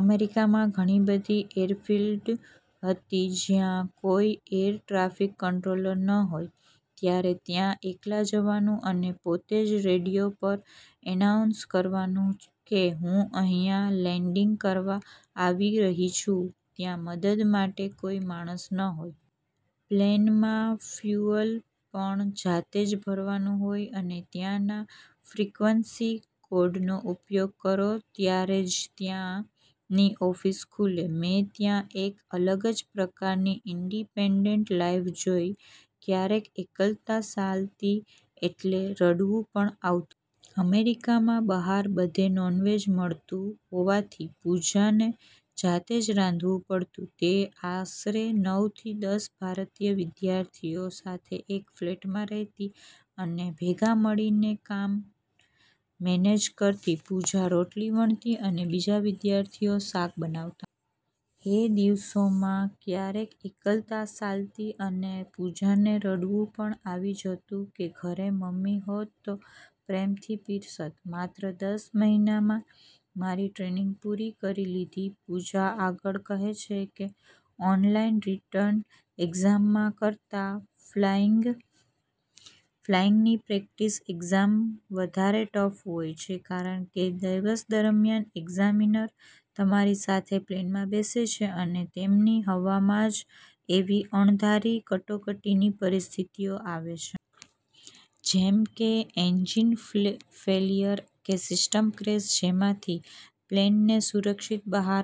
અમેરિકામાં ઘણી બધી એરફિલ્ડ હતી, જ્યાં કોઇ 'એર ટ્રાફિક કંટ્રોલર' ન હોય. તમારે ત્યાં એકલા જવાનું અને પોતે જ રેડિયો પર એનાઉન્સ કરવાનું કે "હું અહીંયા લેન્ડિંગ કરવા આવી રહી છું." ત્યાં મદદ માટે કોઈ માણસ ન હોય. પ્લેનમાં ફ્યૂઅલ પણ જાતે જ ભરવાનું હોય અને ત્યાંના ફ્રિક્વન્સી કોડનો ઉપયોગ કરો ત્યારે જ ત્યાંની ઓફિસ ખુલે. મેં ત્યાં એક અલગ જ પ્રકારની ઇન્ડિપેન્ડન્ટ લાઇફ જોઇ. ક્યારેક એકલતા સાલતી એટલે રડવું પણ આવતું. અમેરિકામાં બહાર બધે નોન-વેજ મળતું હોવાથી પૂજાને જાતે જ રાંધવું પડતું. તે આશરે નવ થી દસ ભારતીય વિદ્યાર્થીઓ સાથે એક ફ્લેટમાં રહેતી, અને ભેગા મળીને કામ મેનેજ કરતી. પૂજા રોટલી વણતી અને બીજા વિદ્યાર્થીઓ શાક બનાવતા. એ દિવસોમાં ક્યારેક એકલતા સાલતી અને પૂજાને રડવું પણ આવી જતું કે ઘરે " મમ્મી હોત તો પ્રેમથી પીરસત. "માત્ર દસ મહિનામાં મારી ટ્રેનિંગ પૂરી કરી લીધી." પૂજા આગળ કહે છે કે, "ઓનલાઇન રિટર્ન એક્ઝામ કરતાં ફ્લાઇંગની પ્રેક્ટિકલ એક્ઝામ વધારે ટફ હોય છે, કારણ કે દિવસ દરમિયાન એક્ઝામિનર તમારી સાથે પ્લેનમાં બેસે છે, અને તમને હવામાં જ એવી અણધારી કટોકટીની પરિસ્થિતિઓ આપે છે. જેમ કે 'એન્જિન ફેલિયર' કે 'સિસ્ટમ ક્રેશ', જેમાંથી પ્લેનને સુરક્ષિત બહાર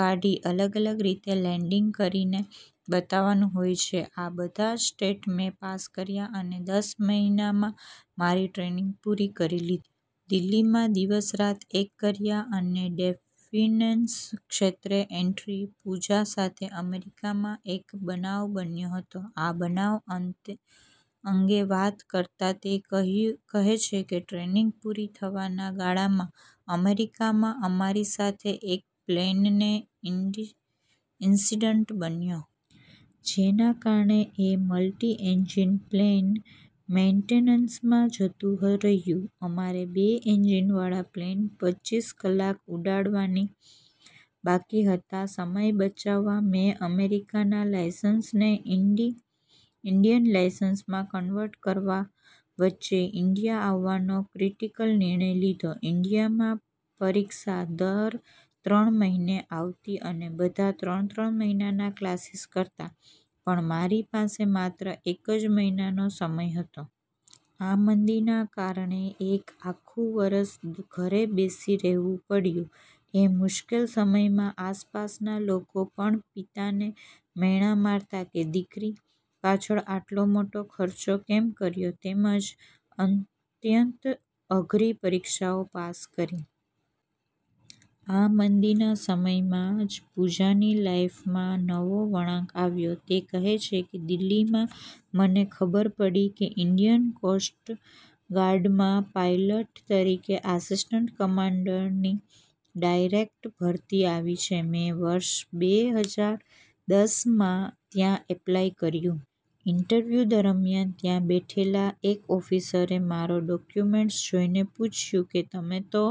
કાઢી અલગ-અલગ રીતે લેન્ડિંગ કરીને બતાવવાનું હોય છે. આ બધા જ ટેસ્ટ મેં પાસ કર્યા અને માત્ર દસ મહિનામાં મારી ટ્રેનિંગ પૂરી કરી લીધી. દિલ્હીમાં દિવસ-રાત એક કર્યા અને ડિફેન્સ ક્ષેત્રે એન્ટ્રી પૂજા સાથે અમેરિકામાં એક બનાવ બન્યો હતો. આ બનાવ અંગે વાત કરતા તે કહે છે કે, ટ્રેનિંગ પૂરી થવાના ગાળામાં અમેરિકામાં અમારી સાથે એક પ્લેનનો ઇન્સિડન્ટ બન્યો. જેના કારણે એ મલ્ટી-એન્જિન પ્લેન મેઇન્ટેનન્સમાં જતું રહ્યું. અમારે બે એન્જિનવાળા પ્લેન પચ્ચીસ કલાક ઉડાડવવાના બાકી હતા. સમય બચાવવા મેં અમેરિકાના લાયસન્સને ઇન્ડિયન લાયસન્સમાં કન્વર્ટ કરાવવા વચ્ચે ઇન્ડિયા આવવાનો ક્રિટિકલ નિર્ણય લીધો. ઇન્ડિયામાં પરીક્ષા દર ત્રણ મહિને આવતી અને બધા ત્રણ-ત્રણ મહિનાના ક્લાસીસ કરતા, પણ મારી પાસે માત્ર એક જ મહિનાનો સમય હતો. આ મંદીના કારણે એક આખું વર્ષ ઘરે બેસી રહેવું પડ્યું. એ મુશ્કેલ સમયમાં આસપાસના લોકો પણ પિતાને મહેણાં મારતા કે "દીકરી પાછળ આટલો મોટો ખર્ચ કેમ કર્યો?" તેમજ અત્યંત અઘરી પરીક્ષાઓમાં પાસ કરી. આ મંદીના સમયમાં જ પૂજાની લાઇફમાં નવો વળાંક આવ્યો. તે કહે છે કે "દિલ્હીમાં મને ખબર પડી કે ઇન્ડિયન કોસ્ટ ગાર્ડમાં પાયલટ તરીકે આસિસ્ટન્ટ કમાન્ડન્ટની ડાયરેક્ટ ભરતી આવી છે. મેં વર્ષ બે હજાર દસ માં ત્યાં એપ્લાય કર્યું. ઇન્ટરવ્યૂ દરમિયાન ત્યાં બેઠેલા એક ઓફિસરે મારા ડોક્યુમેન્ટ્સ જોઇને પૂછ્યું કે, 'તમે તો